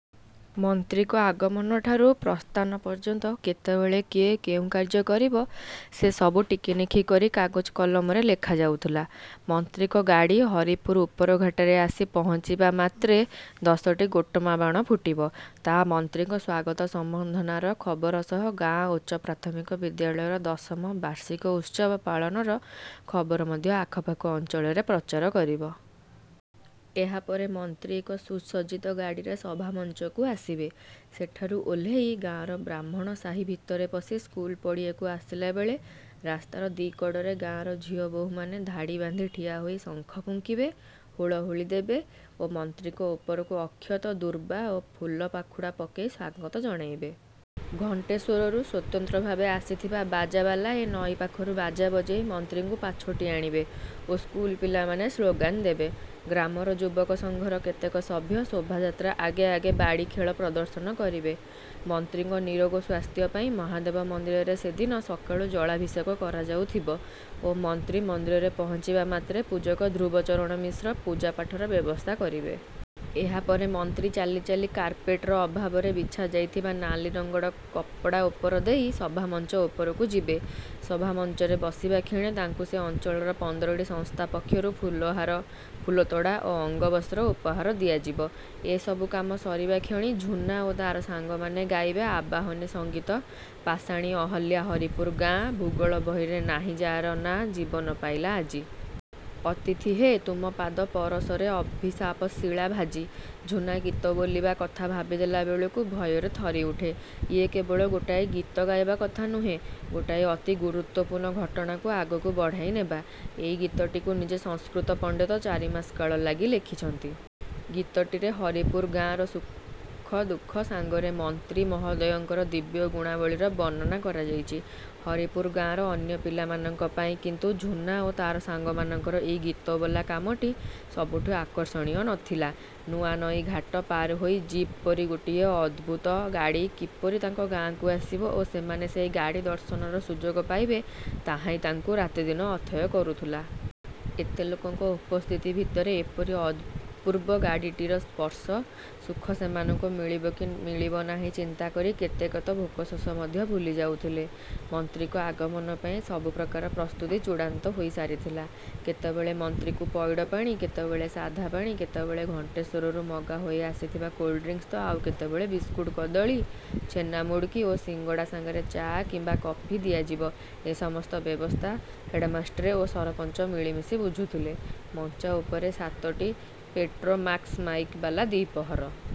ମନ୍ତ୍ରୀଙ୍କ ଆଗମନଠାରୁ ପ୍ରସ୍ଥାନ ପର୍ଯ୍ୟନ୍ତ କେତେବେଳେ କିଏ କେଉଁ କାର୍ଯ୍ୟ କରିବ ସେ ସବୁ ଟିକିନିଖି କରି କାଗଜ କଲମରେ ଲେଖା ଯାଉଥିଲା। ମନ୍ତ୍ରୀଙ୍କ ଗାଡ଼ି ହରିପୁର ଉପରଘାଟରେ ଆସି ପହଞ୍ଚିବା ମାତ୍ରେ ଦଶଟି ଗୋଟମା ବାଣ ଫୁଟିବ। ତାହା ମନ୍ତ୍ରୀଙ୍କ ସ୍ୱାଗତ ସମ୍ବର୍ଦ୍ଧନାର ଖବର ସହ ଗାଁ ଉଚ୍ଚପ୍ରାଥମିକ ବିଦ୍ୟାଳୟର ଦଶମ ବାର୍ଷିକ ଉତ୍ସବ ପାଳନର ଖବର ମଧ୍ୟ ଆଖପାଖ ଅଞ୍ଚଳରେ ପ୍ରଚାର କରିବ। ଏହାପରେ ମନ୍ତ୍ରୀ ଏକ ସୁସଜ୍ଜିତ ଗାଡ଼ିରେ ସଭା ମଞ୍ଚକୁ ଆସିବେ। ସେଠାରୁ ଓହ୍ଲେଇ ଗାଁର ବ୍ରାହ୍ମଣ ସାହି ଭିତରେ ପଶି ସ୍କୁଲ ପଡ଼ିଆକୁ ଆସିଲାବେଳେ ରାସ୍ତାର ଦି କଡ଼ରେ ଗାଁର ଝିଅ ବୋହୂମାନେ ଧାଡ଼ି ବାନ୍ଧି ଠିଆହୋଇ ଶଙ୍ଖ ଫୁଙ୍କିବେ, ହୁଳହୁଳି ଦେବେ ଓ ମନ୍ତ୍ରୀଙ୍କ ଉପରକୁ ଅକ୍ଷତ, ଦୁର୍ବା ଓ ଫୁଲ ପାଖୁଡ଼ା ପକେଇ ସ୍ୱାଗତ ଜଣାଇବେ। ଘଣ୍ଟେଶ୍ୱରରୁ ସ୍ୱତନ୍ତ୍ର ଭାବେ ଆସିଥିବା ବାଜାବାଲାଏ ନଈ ପାଖରୁ ବାଜା ବଜେଇ ମନ୍ତ୍ରୀଙ୍କୁ ପାଛୋଟି ଆଣିବେ ଓ ସ୍କୁଲ ପିଲାମାନେ ସ୍ଲୋଗାନ ଦେବେ। ଗ୍ରାମର ଯୁବକସଂଘର କେତେକ ସଭ୍ୟ ଶୋଭାଯାତ୍ରା ଆଗେ ଆଗେ ବାଡ଼ି ଖେଳ ପ୍ରଦର୍ଶନ କରିବେ। ମନ୍ତ୍ରୀଙ୍କ ନିରୋଗ ସ୍ୱାସ୍ଥ୍ୟ ପାଇଁ ମହାଦେବ ମନ୍ଦିରରେ ସେଦିନ ସକାଳୁ ଜଳାଭିଷେକ କରାଯାଉଥିବ ଓ ମନ୍ତ୍ରୀ ମନ୍ଦିରରେ ପହଞ୍ଚିବା ମାତ୍ରେ ପୂଜକ ଧ୍ରୁବଚରଣ ମିଶ୍ର ପୂଜାପାଠର ବ୍ୟବସ୍ଥା କରିବେ। ଏହାପରେ ମନ୍ତ୍ରୀ ଚାଲି ଚାଲି କାର୍ପେଟର ଅଭାବରେ ବିଛା ଯାଇଥିବା ନାଲି ରଙ୍ଗର କପଡ଼ା ଉପର ଦେଇ ସଭାମଞ୍ଚ ଉପରକୁ ଯିବେ। ସଭା ମଞ୍ଚରେ ବସିବା କ୍ଷଣି ତାଙ୍କୁ ସେ ଅଞ୍ଚଳର ପନ୍ଦରଟି ସଂସ୍ଥା ପକ୍ଷରୁ ଫୁଲହାର, ଫୁଲତୋଡ଼ା ଓ ଅଙ୍ଗବସ୍ତ୍ର ଉପହାର ଦିଆଯିବ। ଏ ସବୁକାମ ସରିବା କ୍ଷଣି ଝୁନା ଓ ତାର ସାଙ୍ଗମାନେ ଗାଇବେ ଆବାହନୀ ସଂଗୀତ ପାଷାଣୀ ଅହଲ୍ୟା ହରିପୁର ଗାଁ, ଭୂଗୋଳ ବହିରେ ନାହିଁ ଯାର ନାଁ, ଜୀବନ ପାଇଲା ଆଜି। ଅତିଥି ହେ, ତୁମ ପାଦ ପରଶରେ ଅଭିଶାପ ଶିଳା ଭାଜି। ଝୁନା ଗୀତ ବୋଲିବା କଥା ଭାବିଦେଲା ବେଳକୁ ଭୟରେ ଥରି ଉଠେ। ଇଏ କେବଳ ଗୋଟାଏ ଗୀତ ଗାଇବା କଥା ନୁହେଁ, ଗୋଟାଏ ଅତି ଗୁରୁତ୍ୱପୂର୍ଣ୍ଣ ଘଟଣାକୁ ଆଗକୁ ବଢାଇ ନେବା। ଏଇ ଗୀତଟିକୁ ନିଜେ ସଂସ୍କୃତ ପଣ୍ଡିତ ଚାରିମାସ କାଳ ଲାଗି ଲେଖିଛନ୍ତି। ଗୀତଟିରେ ହରିପୁର ଗାଁର ସୁଖ ଦୁଃଖ ସାଙ୍ଗରେ ମନ୍ତ୍ରୀ ମହୋଦୟଙ୍କର ଦିବ୍ୟ ଗୁଣାବଳୀର ବର୍ଣ୍ଣନା କରାଯାଇଛି। ହରିପୁର ଗାଁର ଅନ୍ୟ ପିଲାମାନଙ୍କ ପାଇଁ କିନ୍ତୁ ଝୁନା ଓ ତାର ସାଙ୍ଗମାନଙ୍କର ଏଇ ଗୀତବୋଲା କାମଟି ସବୁଠୁ ଆକର୍ଷଣୀୟ ନ ଥିଲା। ନୂଆନଈ ଘାଟ ପାର ହୋଇ ଜିପ୍ ପରି ଗୋଟିଏ ଅଦ୍ଭୁତ ଗାଡ଼ି କିପରି ତାଙ୍କ ଗାଁକୁ ଆସିବ ଓ ସେମାନେ ସେଇ ଗାଡ଼ି ଦର୍ଶନର ସୁଯୋଗ ପାଇବେ ତାହା ହିଁ ତାଙ୍କୁ ରାତିଦିନ ଅଥୟ କରୁଥିଲା। ଏତେ ଲୋକଙ୍କ ଉପସ୍ଥିତି ଭିତରେ ଏପରି ଅପୂର୍ବ ଗାଡ଼ିଟିର ସ୍ପର୍ଶ ସୁଖ ସେମାନଙ୍କୁ ମିଳିବ କି ମିଳିବ ନାହିଁ ଚିନ୍ତା କରି କେତେକ ତ ଭୋକଶୋଷ ମଧ୍ୟ ଭୁଲି ଯାଉଥିଲେ। ମନ୍ତ୍ରୀଙ୍କ ଆଗମନ ପାଇଁ ସବୁ ପ୍ରକାର ପ୍ରସ୍ତୁତି ଚୂଡ଼ାନ୍ତ ହୋଇ ସାରିଥିଲା। କେତେବେଳେ ମନ୍ତ୍ରୀଙ୍କୁ ପଇଡ଼ ପାଣି, କେତେବେଳେ ସାଦା ପାଣି, କେତେବେଳେ ଘଣ୍ଟେଶ୍ୱରରୁ ମଗା ହୋଇ ଆସିଥିବା କୋଲ୍ଡ ଡ୍ରିଙ୍କ ତ ଆଉ କେତେବେଳେ ବିସ୍କୁଟ କଦଳୀ, ଛେନା-ମୁଡ୍କି ଓ ସିଙ୍ଗଡ଼ା ସାଙ୍ଗରେ ଚା କିମ୍ବା କଫି ଦିଆଯିବ, ଏ ସମସ୍ତ ବ୍ୟବସ୍ଥା ହେଡ୍‌ମାଷ୍ଟ୍ରେ ଓ ସରପଞ୍ଚ ମିଳିମିଶି ବୁଝୁଥିଲେ। ମଞ୍ଚ ଉପରେ ସାତଟି ପେଟ୍ରୋମାକ୍ସମାଇକ୍ ବାଲା ଦ୍ୱିପ୍ରହର।